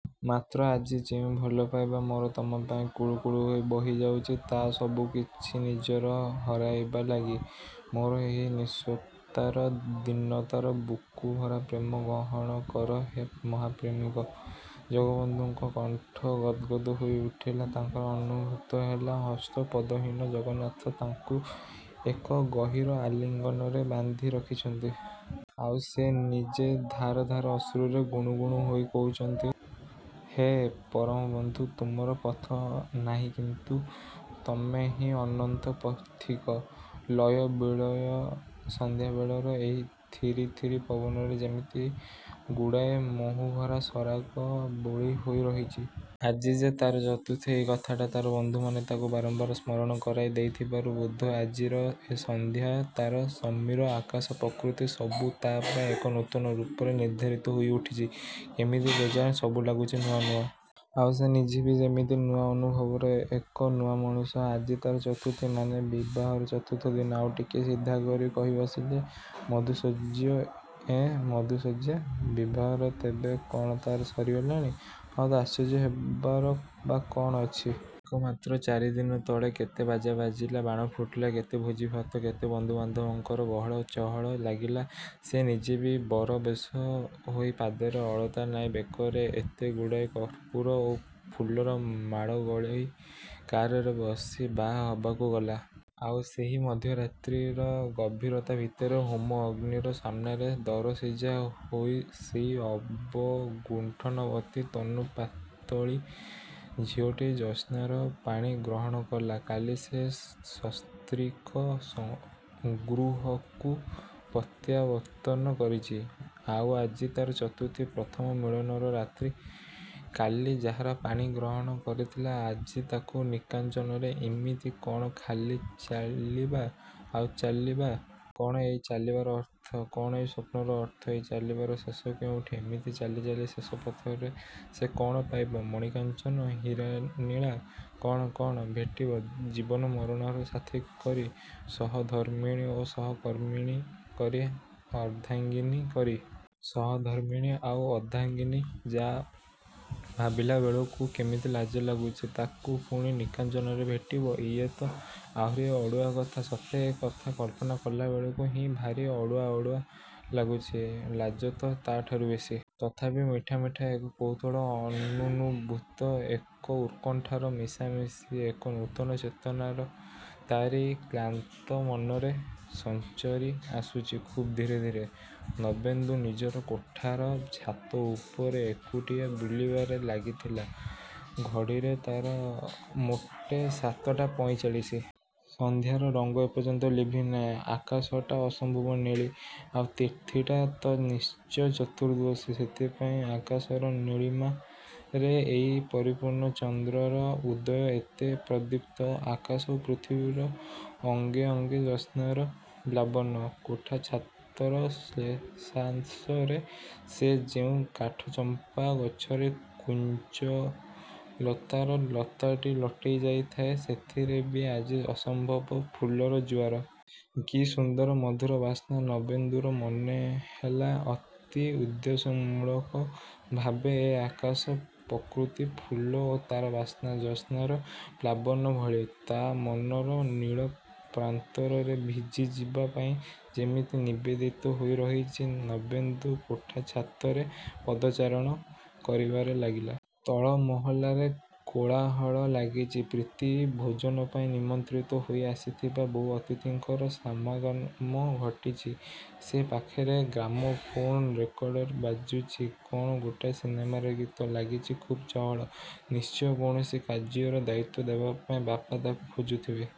ମାତ୍ର ଆଜି ଯେଉଁ ଭଲ ପାଇବା ମୋର ତମପାଇଁ କୁଳୁକୁଳୁ ହୋଇ ବହି ଯାଉଚି, ତାହା ସବୁ କିଛି ନିଜର ହରାଇବା ଲାଗି। ମୋର ଏହି ନିସ୍ୱତାର, ଦୀନତାର, ବୁକୁଭରା ପ୍ରେମ ଗ୍ରହଣ କର ମହାପ୍ରେମିକ! ଜଗବନ୍ଧୁଙ୍କ କଣ୍ଠ ଗଦ୍‌ଗଦ ହୋଇ ଉଠିଲା ତାଙ୍କର ଅନୁଭୂତ ହେଲା ହସ୍ତପଦହୀନ ଜଗନ୍ନାଥ ତାଙ୍କୁ ଏକ ଗହୀର ଆଲିଙ୍ଗନରେ ବାନ୍ଧି ରଖିଛନ୍ତି। ଆଉ ସେ ନିଜେ ଧାର ଧାର ଅଶ୍ରୁରେ ଗୁଣୁଗୁଣୁ ହୋଇ କହୁଚନ୍ତି, "ହେ ପରମ ବନ୍ଧୁ! ତୁମର ପଥ ନାହିଁକିନ୍ତୁ ତମେ ହିଁ ଅନନ୍ତ ପଥିକ!" ଲୟ ବିଲୟ ସନ୍ଧ୍ୟାବେଳର ଏହି ଥିରି ଥିରି ପବନରେ ଯେମିତି ଗୁଡ଼ାଏ ମହୁଭରା ସରାଗ ବୋଳି ହୋଇ ରହିଚି। ଆଜି ଯେ ତା'ର ଚତୁର୍ଥୀ, ଏଇ କଥାଟା ତାର ବନ୍ଧୁମାନେ ତାକୁ ବାରମ୍ବାର ସ୍ମରଣ କରାଇ ଦେଇଥିବାରୁ ବୋଧେ ଆଜିର ଏ ସନ୍ଧ୍ୟା, ତାର ସମୀର, ଆକାଶ, ପ୍ରକୃତି ସବୁ ତା' ପାଇଁ ଏକ ନୂତନ ରୂପରେ ନିର୍ଦ୍ଧାରିତ ହୋଇ ଉଠିଚି। କେମିତି କେଜାଣି ସବୁ ଲାଗୁଚି ନୂଆ ନୂଆ। ଆଉ ସେ ନିଜେ ବି ଯେମିତି ନୂଆ ଅନୁଭବର ଏକ ନୂଆ ମଣିଷ। ଆଜି ତାର ଚତୁର୍ଥୀ! ମାନେ ବିବାହର ଚତୁର୍ଥ ଦିନ। ଆଉ ଟିକିଏ ସିଧା କରି କହି ବସିଲେ ମଧୁଶଯ୍ୟ ଏଁ ମଧୁଶଯ୍ୟା? ବିବାହର ତେବେ କ'ଣ ତାର ସରିଗଲାଣି? ହଁ ତ, ଆଶ୍ଚର୍ଯ୍ୟ ହବାର ବା କଣ ଅଛି? ଏଇ ମାତ୍ର ଚାରି ଦିନ ତଳେ, କେତେ ବାଜା ବାଜିଲା, ବାଣ ଫୁଟିଲା, କେତେ ଭୋଜି ଭାତ, କେତେ ବନ୍ଧୁ ବାନ୍ଧବଙ୍କର ଗହଳ ଚହଳ ଲାଗିଲା। ସେ ନିଜେ ବି ବର ବେଶ ହୋଇ ପାଦରେ ଅଳତା ନାଇ, ବେକରେ ଏତେଗୁଡ଼ାଏ କର୍ପୂର ଓ ଫୁଲର ମାଳ ଗଳେଇ, କାର୍‌ରେ ବସି ବାହା ହବାକୁ ଗଲା। ଆଉ ସେହି ମଧ୍ୟରାତ୍ରିର ଗଭୀରତା ଭିତରେ, ହୋମ ଅଗ୍ନିର ସାମ୍ନାରେ, ଦରସିଝା ହୋଇ, ସେଇ ଅବଗୁଣ୍ଠନବତୀ ତନୁପାତଳୀ ଝିଅଟି, ଜ୍ୟୋତ୍ସ୍ନାର ପାଣି ଗ୍ରହଣ କଲା। କାଲି ସେ ସସ୍ତ୍ରୀକ ସ୍ୱଗୃହକୁ ପ୍ରତ୍ୟାବର୍ତ୍ତନ କରିଚି। ଆଉ ଆଜି ତାର ଚତୁର୍ଥୀ, ପ୍ରଥମ ମିଳନର ରାତ୍ରି। କାଲି ଯାହାର ପାଣିଗ୍ରହଣ କରିଥିଲା, ଆଜି ତାକୁ ନିକାଞ୍ଚନରେ ଇମିତି କ'ଣ ଖାଲି ଚାଲିବା, ଆଉ ଚାଲିବା? କ'ଣ ଏଇ ଚାଲିବାର ଅର୍ଥ? କ'ଣ ଏଇ ସ୍ୱପ୍ନର ଅର୍ଥ? ଏଇ ଚାଲିବାର ଶେଷ କେଉଁଠି? ଏମିତି ଚାଲି ଚାଲି ଶେଷ ପଥରେ ସେ କ'ଣ ପାଇବ? ମଣି କାଞ୍ଚନ? ହୀରା ନୀଳା? କ'ଣ, କ'ଣ? ଭେଟିବ, ଜୀବନ ମରଣର ସାଥୀ କରି, ସହଧର୍ମିଣୀ ଓ ସହକର୍ମୀଣୀ କରି, ଅର୍ଦ୍ଧାଙ୍ଗିନୀ କରି। ସହଧର୍ମିଣୀ ଆଉ ଅର୍ଦ୍ଧାଙ୍ଗିନୀ? ଯାଃ, ଭାବିଲା ବେଳକୁ କେମିତି ଲାଜ ଲାଗୁଚି! ତାକୁ ପୁଣି ନିକାଞ୍ଚନରେ ଭେଟିବ? ୟେ ତ ଆହୁରି ଅଡ଼ୁଆ କଥା! ସତେ, ଏ କଥା କଳ୍ପନା କଲାବେଳକୁ ହିଁ ଭାରି ଅଡ଼ୁଆ ଅଡ଼ୁଆ ଲାଗୁଚି। ଲାଜ ତ ତା' ଠାରୁ ବେଶୀ! ତଥାପି ମିଠା ମିଠା ଏକ କୌତୁହଳ, ଅନନୁଭୂତ ଏକ ଉତ୍କଣ୍ଠାର ମିଶାମିଶି ଏକ ନୂତନ ଚେତନା ତା'ରି କ୍ଳାନ୍ତ ମନରେ ସଞ୍ଚରି ଆସୁଚି ଖୁବ୍ ଧୀରେ ଧୀରେ। ନବେନ୍ଦୁ ନିଜର କୋଠାର ଛାତ ଉପରେ ଏକୁଟିଆ ବୁଲିବାରେ ଲାଗିଥିଲା। ଘଡ଼ିରେ ତାର ମୋଟେ ସାତଟା ପଇଁଚାଳିଶି। ସନ୍ଧ୍ୟାର ରଙ୍ଗ ଏପର୍ଯ୍ୟନ୍ତ ଲିଭିନାହିଁ। ଆକାଶଟା ଅସମ୍ଭବ ନେଳି। ଆଉ ତିଥିଟା ତ ନିଶ୍ଚୟ ଚତୁର୍ଦ୍ଦଶୀ, ସେଥିପାଇଁ ଆକାଶର ନୀଳିମାରେ ଏଇ ପରିପୂର୍ଣ୍ଣ ଚନ୍ଦ୍ରର ଉଦୟ ଏତେ ପ୍ରଦୀପ୍ତ। ଆକାଶ ଓ ପୃଥିବୀର ଅଙ୍ଗେ ଅଙ୍ଗେ ଜ୍ୟୋତ୍ସ୍ନାର ପ୍ଲାବନ। କୋଠା ଛାତର ଶେଷାଂଶରେ ସେ ଯେଉଁ କାଠଚମ୍ପା ଗଛରେ କୁଞ୍ଜଲତାର ଲତାଟି ଲଟେଇ ଯାଇଥାଏ, ସେଥିରେ ବି ଆଜି ଅସମ୍ଭବ ଫୁଲର ଜୁଆର। କି ସୁନ୍ଦର, ମଧୁର ବାସ୍ନା! ନବେନ୍ଦୁର ମନେହେଲା ଅତି ଉଦ୍ଦେଶ୍ୟମୂଳକ ଭାବେ ଏ ଆକାଶ, ପ୍ରକୃତି, ଫୁଲ ଓ ତାର ବାସ୍ନା, ଜ୍ୟୋତ୍ସ୍ନାର ପ୍ଲାବନ ଭଳି, ତା' ମନର ନୀଳ ପ୍ରାନ୍ତରରେ ଭିଜିଯିବା ପାଇଁ ଯେମିତି ନିବେଦିତ ହୋଇ ରହିଚି। ନବେନ୍ଦୁ କୋଠା ଛାତରେ ପଦଚାରଣ କରିବାରେ ଲାଗିଲା। ତଳ ମହଲାରେ କୋଳାହଳ ଲାଗିଚି। ପ୍ରୀତି ଭୋଜନ ପାଇଁ ନିମନ୍ତ୍ରୀତ ହୋଇ ଆସିଥିବା ବହୁ ଅତିଥିଙ୍କର ସମାଗମ ଘଟିଚି। ସେପାଖରେ ଗ୍ରାମ୍‌ଫୋନ ରେକର୍ଡରେ ବାଜୁଚି କ'ଣ ଗୋଟାଏ ସିନେମାର ଗୀତ। ଲାଗିଚି ଖୁବ୍ ଚହଳ। ନିଶ୍ଚୟ କୌଣସି କାର୍ଯ୍ୟର ଦାୟିତ୍ଵ ଦେବା ପାଇଁ ବାପା ତାକୁ ଖୋଜୁଥିବେ।